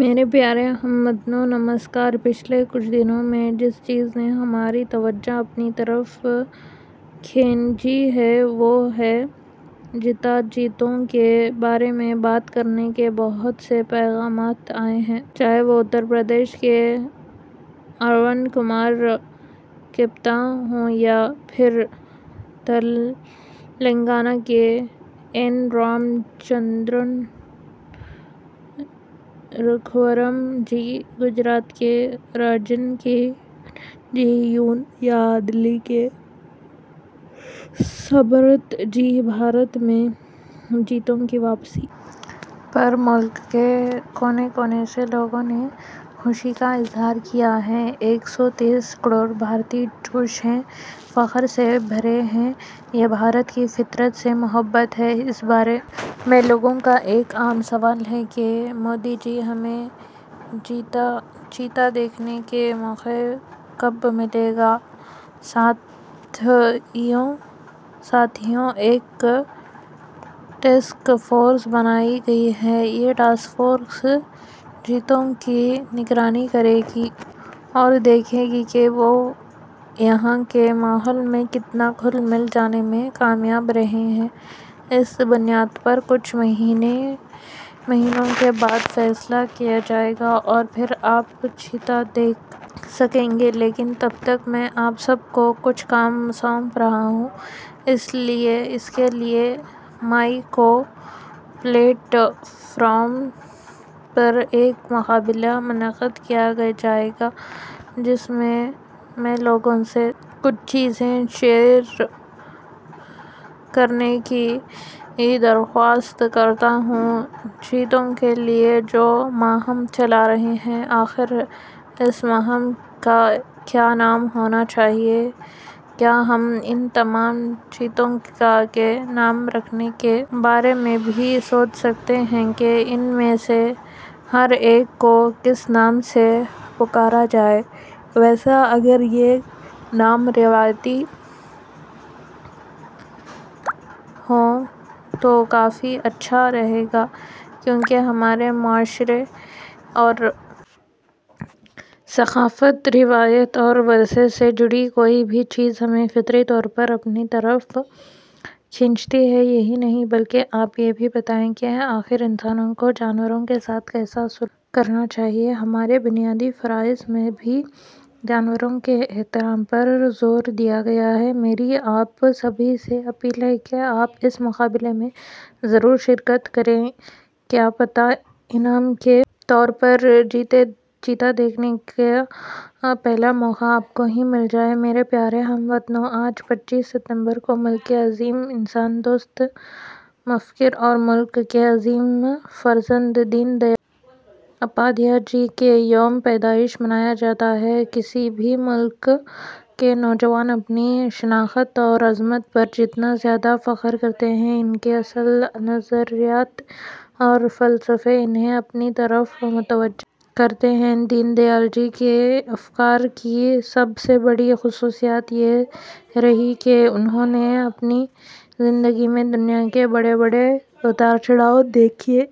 میرے پیارے ہم وطنو نمسکار پچھلے کچھ دنوں میں جس چیز نے ہماری توجہ اپنی طرف کھینچی ہے وہ ہے چیتا چیتوں کے بارے میں بات کرنے کے بہت سے پیغامات آئے ہیں چاہے وہ اتر پردیش کے ارون کمار گپتا ہوں یا پھر تلنگانہ کے این رام چندرن رگھورام جی گجرات کے راجن جی ہوں یا دلی کے سبرت جی بھارت میں چیتوں کی واپسی پر ملک کے کونے کونے سے لوگوں نے خوشی کا اظہار کیا ہے ایک سو تیس کروڑ بھارتی خوش ہیں فخر سے بھرے ہیں یہ بھارت کی فطرت سے محبت ہے اس بارے میں لوگوں کا ایک عام سوال ہے کہ مودی جی ہمیں چیتا دیکھنے کا موقع کب ملے گا ساتھیو ایک ٹاسک فورس بنائی گئی ہے یہ ٹاسک فورس چیتوں کی نگرانی کرے گی اور دیکھے گی کہ وہ یہاں کے ماحول میں کتنا گھل مل جانے میں کامیاب رہے ہیں اس بنیاد پر کچھ مہینوں کے بعد فیصلہ کیا جائے گا اور پھر آپ چیتا دیکھ سکیں گے لیکن تب تک میں آپ سب کو کچھ کام سونپ رہا ہوں اس کے لیے مائی گو پلیٹ فارم پر ایک مقابلہ منعقد کیا جائے گا جس میں میں لوگوں سے کچھ چیزیں شیئر کرنے کی درخواست کرتا ہوں چیتوں کے لیے جو مہم چلا رہے ہیں آخر اس مہم کا کیا نام ہونا چاہیے کیا ہم ان تمام چیتوں کے نام رکھنے کے بارے میں بھی سوچ سکتے ہیں کہ ان میں سے ہر ایک کو کس نام سے پکارا جائے ویسے اگر یہ نام روایتی ہوں تو کافی اچھا رہے گا کیونکہ ہمارے معاشرے اور ثقافت روایت اور ورثے سے جڑی کوئی بھی چیز ہمیں فطری طور پر اپنی طرف کھینچتی ہے یہی نہیں بلکہ آپ یہ بھی بتائیں کہ آخر انسانوں کو جانوروں کے ساتھ کیسا سلوک کرنا چاہیے ہمارے بنیادی فرائض میں بھی جانوروں کے احترام پر زور دیا گیا ہے میری آپ سبھی سے اپیل ہے کہ آپ اس مقابلے میں ضرور شرکت کریں کیا پتہ انعام کے طور پر چیتے دیکھنے کا پہلا موقع آپ کو ہی مل جائے میرے پیارے ہم وطنو آج پچیس ستمبر کو ملک کے عظیم انسان دوست مفکر اور ملک کے عظیم فرزند دین دیال اپادھیائے جی کا یوم پیدائش منایا جاتا ہے کسی بھی ملک کے نوجوان اپنی شناخت اور عظمت پر جتنا زیادہ فخر کرتے ہیں ان کے اصل نظریات اور فلسفے انہیں اپنی طرف متوجہ کرتے ہیں دین دیال جی کے افکار کی سب سے بڑی خصوصیت یہ رہی ہے کہ انہوں نے اپنی زندگی میں دنیا کے بڑے بڑے اتار چڑھاؤ دیکھے